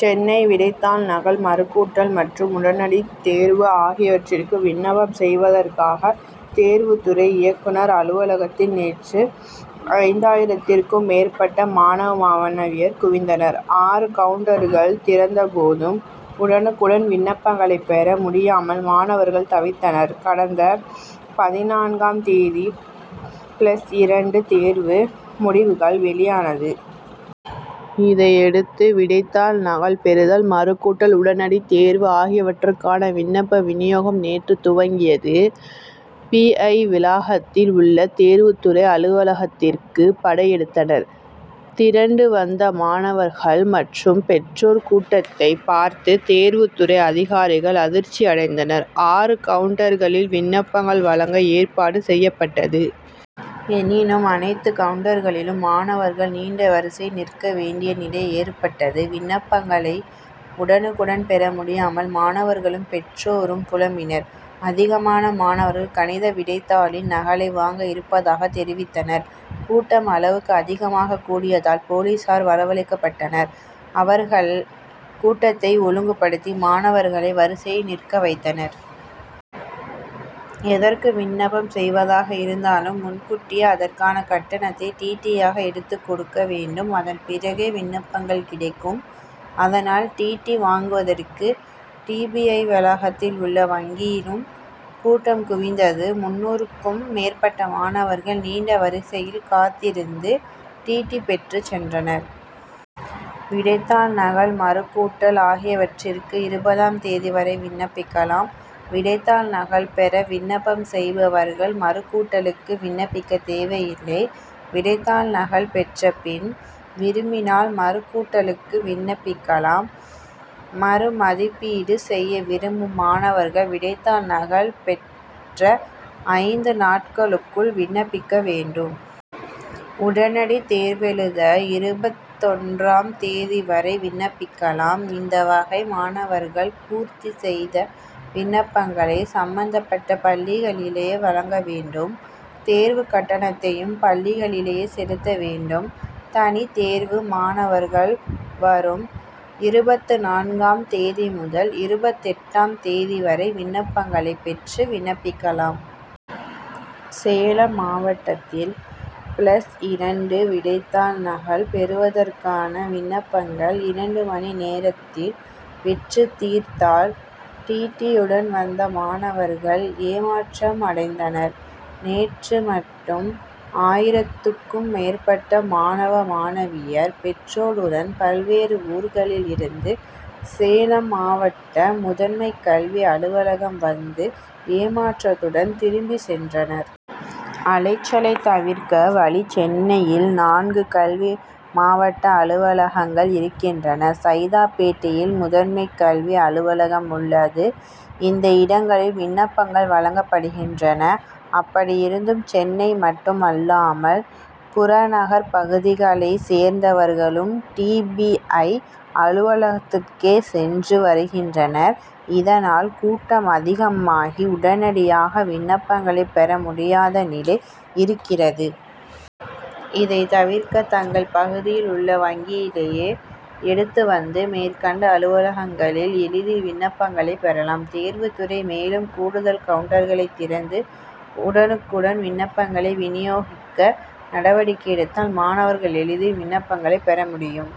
சென்னை விடைத்தாள் நகல் மறுகூட்டல் மற்றும் உடனடித் தேர்வு ஆகியவற்றுக்கு விண்ணப்பம் செய்வதற்காக தேர்வுத் துறை இயக்குனர் அலுவலகத்தில் நேற்று ஐந்தாயிரத்திற்கும் மேற்பட்ட மாணவ மாணவியர் குவிந்தனர். ஆறு கவுன்டர்கள் திறந்தபோதும் உடனுக்குடன் விண்ணப்பங்களை பெற முடியாமல் மாணவர்கள் தவித்தனர். கடந்த பதினான்காம் தேதி பிளஸ் இரண்டு தேர்வு முடிவுகள் வெளியானது. இதையடுத்து விடைத்தாள் நகல் பெறுதல் மறுகூட்டல் உடனடித் தேர்வு ஆகியவற்றுக்கான விண்ணப்ப வினியோகம் நேற்று துவங்கியது. பி. ஐ. வளாகத்தில் உள்ள தேர்வுத் துறை அலுவலகத்திற்கு படையெடுத்தனர். திரண்டு வந்த மாணவர்கள் மற்றும் பெற்றோர் கூட்டத்தைப் பார்த்து தேர்வுத் துறை அதிகாரிகள் அதிர்ச்சி அடைந்தனர். ஆறு கவுன்டர்களில் விண்ணப்பங்கள் வழங்க ஏற்பாடு செய்யப்பட்டது. எனினும் அனைத்து கவுன்டர்களிலும் மாணவர்கள் நீண்ட வரிசையில் நிற்க வேண்டிய நிலை ஏற்பட்டது. விண்ணப்பங்களை உடனுக்குடன் பெற முடியாமல் மாணவர்களும் பெற்றோரும் புலம்பினர். அதிகமான மாணவர்கள் கணித விடைத்தாளின் நகலை வாங்க இருப்பதாக தெரிவித்தனர். கூட்டம் அளவுக்கு அதிகமாகக் கூடியதால் போலீசார் வரவழைக்கப்பட்டனர். அவர்கள் கூட்டத்தை ஒழுங்குபடுத்தி மாணவர்களை வரிசையில் நிற்க வைத்தனர். எதற்கு விண்ணப்பம் செய்வதாக இருந்தாலும் முன்கூட்டியே அதற்கான கட்டணத்தை டிடியாக எடுத்துக் கொடுக்க வேண்டும். அதன் பிறகே விண்ணப்பங்கள் கிடைக்கும். அதனால் டிடி வாங்குவதற்கு டி. பி. ஐ. வளாகத்தில் உள்ள வங்கியிலும் கூட்டம் குவிந்தது. முந்நூறுக்கும் மேற்பட்ட மாணவர்கள் நீண்ட வரிசையில் காத்திருந்து டிடி பெற்றுச் சென்றனர். விடைத்தாள் நகல் மறுகூட்டல் ஆகியவற்றுக்கு இருபதாம் தேதி வரை விண்ணப்பிக்கலாம். விடைத்தாள் நகல் பெற விண்ணப்பம் செய்பவர்கள் மறுகூட்டலுக்கு விண்ணப்பிக்க தேவையில்லை. விடைத்தாள் நகல் பெற்ற பின் விரும்பினால் மறுகூட்டலுக்கு விண்ணப்பிக்கலாம். மறு மதிப்பீடு செய்ய விரும்பும் மாணவர்கள் விடைத்தாள் நகல் பெற்ற ஐந்து நாட்களுக்குள் விண்ணப்பிக்க வேண்டும். உடனடித் தேர்வெழுத இருபத்தொன்றாம் தேதி வரை விண்ணப்பிக்கலாம். இந்த வகை மாணவர்கள் பூர்த்தி செய்த விண்ணப்பங்களை சம்பந்தப்பட்ட பள்ளிகளிலேயே வழங்க வேண்டும். தேர்வுக் கட்டணத்தையும் பள்ளிகளிலேயே செலுத்த வேண்டும். தனித்தேர்வு மாணவர்கள் வரும் இருபத்துநான்காம் தேதி முதல் இருபத்தெட்டாம் தேதி வரை விண்ணப்பங்களை பெற்று விண்ணப்பிக்கலாம். சேலம் மாவட்டத்தில் பிளஸ் இரண்டு விடைத்தாள் நகல் பெறுவதற்கான விண்ணப்பங்கள் இரண்டு மணி நேரத்தில் விற்று தீர்ந்தால் டிடியுடன் வந்த மாணவர்கள் ஏமாற்றம் அடைந்தனர். நேற்று மட்டும் ஆயிரத்துக்கும் மேற்பட்ட மாணவ மாணவியர் பெற்றோருடன் பல்வேறு ஊர்களில் இருந்து சேலம் மாவட்ட முதன்மைக்கல்வி அலுவலகம் வந்து ஏமாற்றத்துடன் திரும்பி சென்றனர். அலைச்சலை தவிர்க்க வழி சென்னையில் நான்கு கல்வி மாவட்ட அலுவலகங்கள் இருக்கின்றன. சைதாப்பேட்டையில் முதன்மை கல்வி அலுவலகம் உள்ளது. இந்த இடங்களில் விண்ணப்பங்கள் வழங்கப்படுகின்றன. அப்படியிருந்தும் சென்னை மட்டுமில்லாமல் புறநகர்ப் பகுதிகளைச் சேர்ந்தவர்களும் டி. பி. ஐ. அலுவலகத்திற்கே சென்று வருகின்றனர். இதனால் கூட்டம் அதிகமாகி உடனடியாக விண்ணப்பங்களை பெற முடியாத நிலை இருக்கிறது. இதை தவிர்க்க தங்கள் பகுதியில் உள்ள வங்கியிலேயே எடுத்து வந்து மேற்கண்ட அலுவலகங்களில் எளிதில் விண்ணப்பங்களை பெறலாம். தேர்வுத் துறை மேலும் கூடுதல் கவுன்டர்களை திறந்து உடனுக்குடன் விண்ணப்பங்களை வினியோகிக்க நடவடிக்கை எடுத்தால் மாணவர்கள் எளிதில் விண்ணப்பங்களை பெற முடியும்.